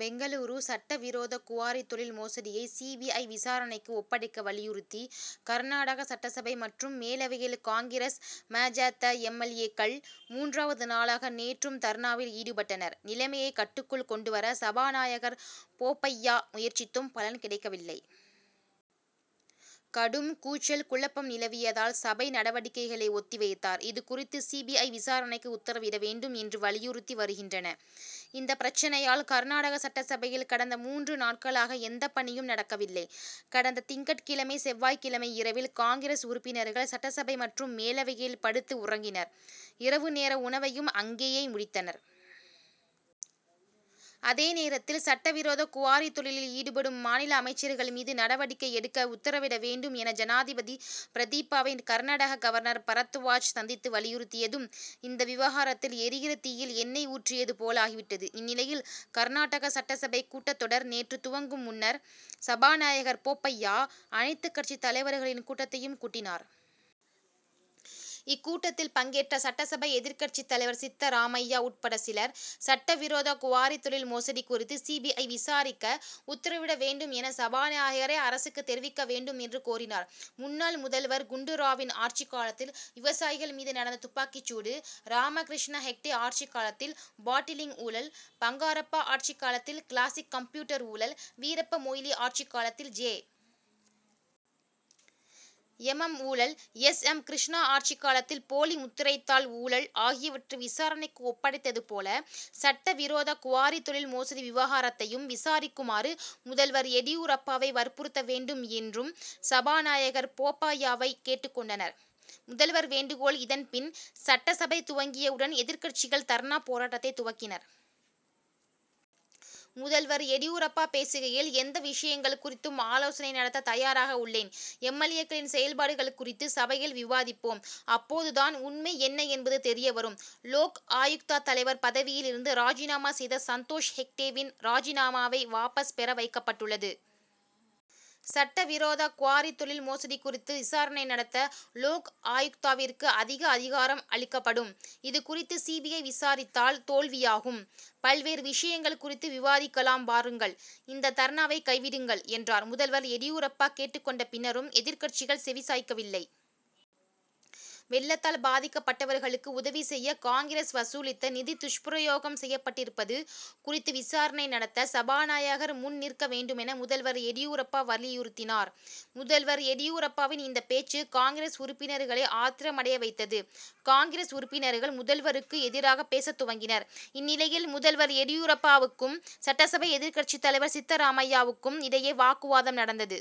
பெங்களூரு சட்ட விரோத குவாரி தொழில் மோசடியை சி. பி. ஐ., விசாரணைக்கு ஒப்படைக்க வலியுறுத்தி, கர்நாடகா சட்டசபை மற்றும் மேலவையில் காங்கிரஸ், ம. ஜ. த., எம். எல். ஏ.,க்கள் மூன்றாவது நாளாக நேற்றும் தர்ணாவில் ஈடுபட்டனர். நிலைமையை கட்டுக்குள் கொண்டு வர சபாநாயகர் போப்பய்யா முயற்சித்தும் பலன் கிடைக்கவில்லை. கடும் கூச்சல், குழப்பம் நிலவியதால், சபை நடவடிக்கைகளை ஒத்தி வைத்தார். இது குறித்து சி. பி. ஐ., விசாரணைக்கு உத்தரவிட வேண்டும் என்றும் வலியுறுத்தி வருகின்றன. இந்தப் பிரச்னையால், கர்நாடகா சட்டசபையில் கடந்த மூன்று நாட்களாக எந்த பணியும் நடக்கவில்லை. கடந்த திங்கட்கிழமை, செவ்வாய் கிழமை இரவில் காங்கிரஸ் உறுப்பினர்கள், சட்டசபை மற்றும் மேலவையில் படுத்து உறங்கினர்; இரவு நேர உணவையும் அங்கேயே முடித்தனர். அதே நேரத்தில், சட்ட விரோத குவாரி தொழிலில் ஈடுபடும் மாநில அமைச்சர்கள் மீது நடவடிக்கை எடுக்க உத்தரவிட வேண்டும் என, ஜனாதிபதி பிரதிபாவை கர்நாடக கவர்னர் பரத்வாஜ் சந்தித்து வலியுறுத்தியதும், இந்த விவகாரத்தில் எரிகிற தீயில் எண்ணெய் ஊற்றியது போலாகிவிட்டது. இந்நிலையில், கர்நாடகா சட்டசபை கூட்டத்தொடர் நேற்று துவங்கும் முன்னர் சபாநாயகர் போப்பய்யா, அனைத்து கட்சித் தலைவர்களின் கூட்டத்தைக் கூட்டினார். இக்கூட்டத்தில் பங்கேற்ற சட்டசபை எதிர்க்கட்சித் தலைவர் சித்தராமையா உட்பட சிலர், சட்ட விரோத குவாரி தொழில் மோசடி குறித்து சி. பி. ஐ., விசாரிக்க உத்தரவிட வேண்டும் என, சபாநாயகரே அரசுக்கு தெரிவிக்க வேண்டும் என்று கோரினர். முன்னாள் முதல்வர் குண்டு ராவின் ஆட்சிக் காலத்தில் விவசாயிகள் மீது நடந்த துப்பாக்கிச் சூடு, ராமகிருஷ்ண ஹெக்டே ஆட்சிக் காலத்தில் பாட்டிலிங் ஊழல், பங்காரப்பா ஆட்சிக் காலத்தில் கிளாசிக் கம்ப்யூட்டர் ஊழல், வீரப்ப மொய்லி ஆட்சிக் காலத்தில் ஜெ. எம். எம்., ஊழல், எஸ். எம். கிருஷ்ணா ஆட்சிக் காலத்தில் போலி முத்திரைத்தாள் ஊழல் ஆகியவற்றை விசாரணைக்கு ஒப்படைத்தது போல, சட்ட விரோத குவாரி தொழில் மோசடி விவகாரத்தையும் விசாரிக்குமாறு முதல்வர் எடியூரப்பாவை வற்புறுத்த வேண்டும் என்றும் சபாநாயகர் போப்பய்யாவை கேட்டுக் கொண்டனர். முதல்வர் வேண்டுகோள் இதன் பின், சட்டசபை துவங்கியவுடன் எதிர்க்கட்சிகள் தர்ணா போராட்டத்தை துவக்கினர். முதல்வர் எடியூரப்பா பேசுகையில், எந்த விஷயங்கள் குறித்தும் ஆலோசனை நடத்த தயாராக உள்ளேன். எம். எல். ஏ.,க்களின் செயல்பாடுகள் குறித்து சபையில் விவாதிப்போம்; அப்போது தான் உண்மை என்ன என்பது தெரியவரும். லோக் ஆயுக்தா தலைவர் பதவியிலிருந்து ராஜினாமா செய்த சந்தோஷ் ஹெக்டேவின் ராஜினாமாவை வாபஸ் பெற வைக்கப்பட்டுள்ளது. சட்ட விரோத குவாரி தொழில் மோசடி குறித்து விசாரணை நடத்த, லோக் ஆயுக்தாவிற்கு அதிக அதிகாரம் அளிக்கப்படும். இது குறித்து சி. பி. ஐ., விசாரித்தால் தோல்வியாகும். பல்வேறு விஷயங்கள் குறித்து விவாதிக்கலாம் வாருங்கள்; இந்த தர்ணாவை கைவிடுங்கள், என்றார். முதல்வர் எடியூரப்பா கேட்டுக் கொண்ட பின்னரும், எதிர்க்கட்சிகள் செவி சாய்க்கவில்லை. வெள்ளத்தால் பாதிக்கப்பட்டவர்களுக்கு உதவி செய்ய காங்கிரஸ் வசூலித்த நிதி துஷ்பிரயோகம் செய்யப்பட்டிருப்பது குறித்து விசாரணை நடத்த, சபாநாயகர் முன் நிற்க வேண்டுமென முதல்வர் எடியூரப்பா வலியுறுத்தினார். முதல்வர் எடியூரப்பாவின் இந்த பேச்சு, காங்கிரஸ் உறுப்பினர்களை ஆத்திரமடையவைத்தது. காங்கிரஸ் உறுப்பினர்கள், முதல்வருக்கு எதிராக பேசத் துவங்கினர். இந்நிலையில், முதல்வர் எடியூரப்பாவுக்கும், சட்டசபை எதிர்க்கட்சித் தலைவர் சித்தராமையாவுக்கும் இடையே வாக்குவாதம் நடந்தது.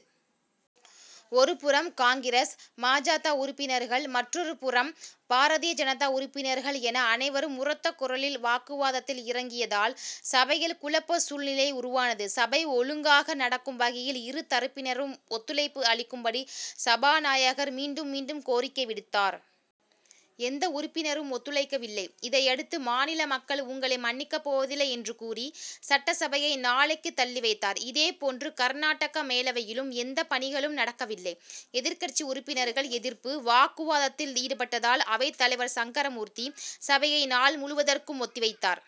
ஒரு புறம் காங்கிரஸ், ம. ஜ. த., உறுப்பினர்கள், மற்றொரு புறம் பாரதிய ஜனதா உறுப்பினர்கள் என அனைவரும் உரத்த குரலில் வாக்குவாதத்தில் இறங்கியதால், சபையில் குழப்ப சூழ்நிலை உருவானது. சபை ஒழுங்காக நடக்கும் வகையில் இரு தரப்பினரும் ஒத்துழைப்பு அளிக்கும்படி சபாநாயகர் மீண்டும் மீண்டும் கோரிக்கை விடுத்தார். எந்த உறுப்பினரும் ஒத்துழைக்கவில்லை. இதையடுத்து, மாநில மக்கள் உங்களை மன்னிக்கப் போவதில்லை என்று கூறி, சட்டசபையை நாளைக்கு தள்ளி வைத்தார். இதே போன்று கர்நாடகா மேலவையிலும் எந்த பணிகளும் நடக்கவில்லை. எதிர்க்கட்சி உறுப்பினர்கள் எதிர்ப்பு, வாக்குவாதத்தில் ஈடுபட்டதால் அவைத் தலைவர் சங்கரமூர்த்தி, சபையை நாள் முழுவதற்கும் ஒத்தி வைத்தார்.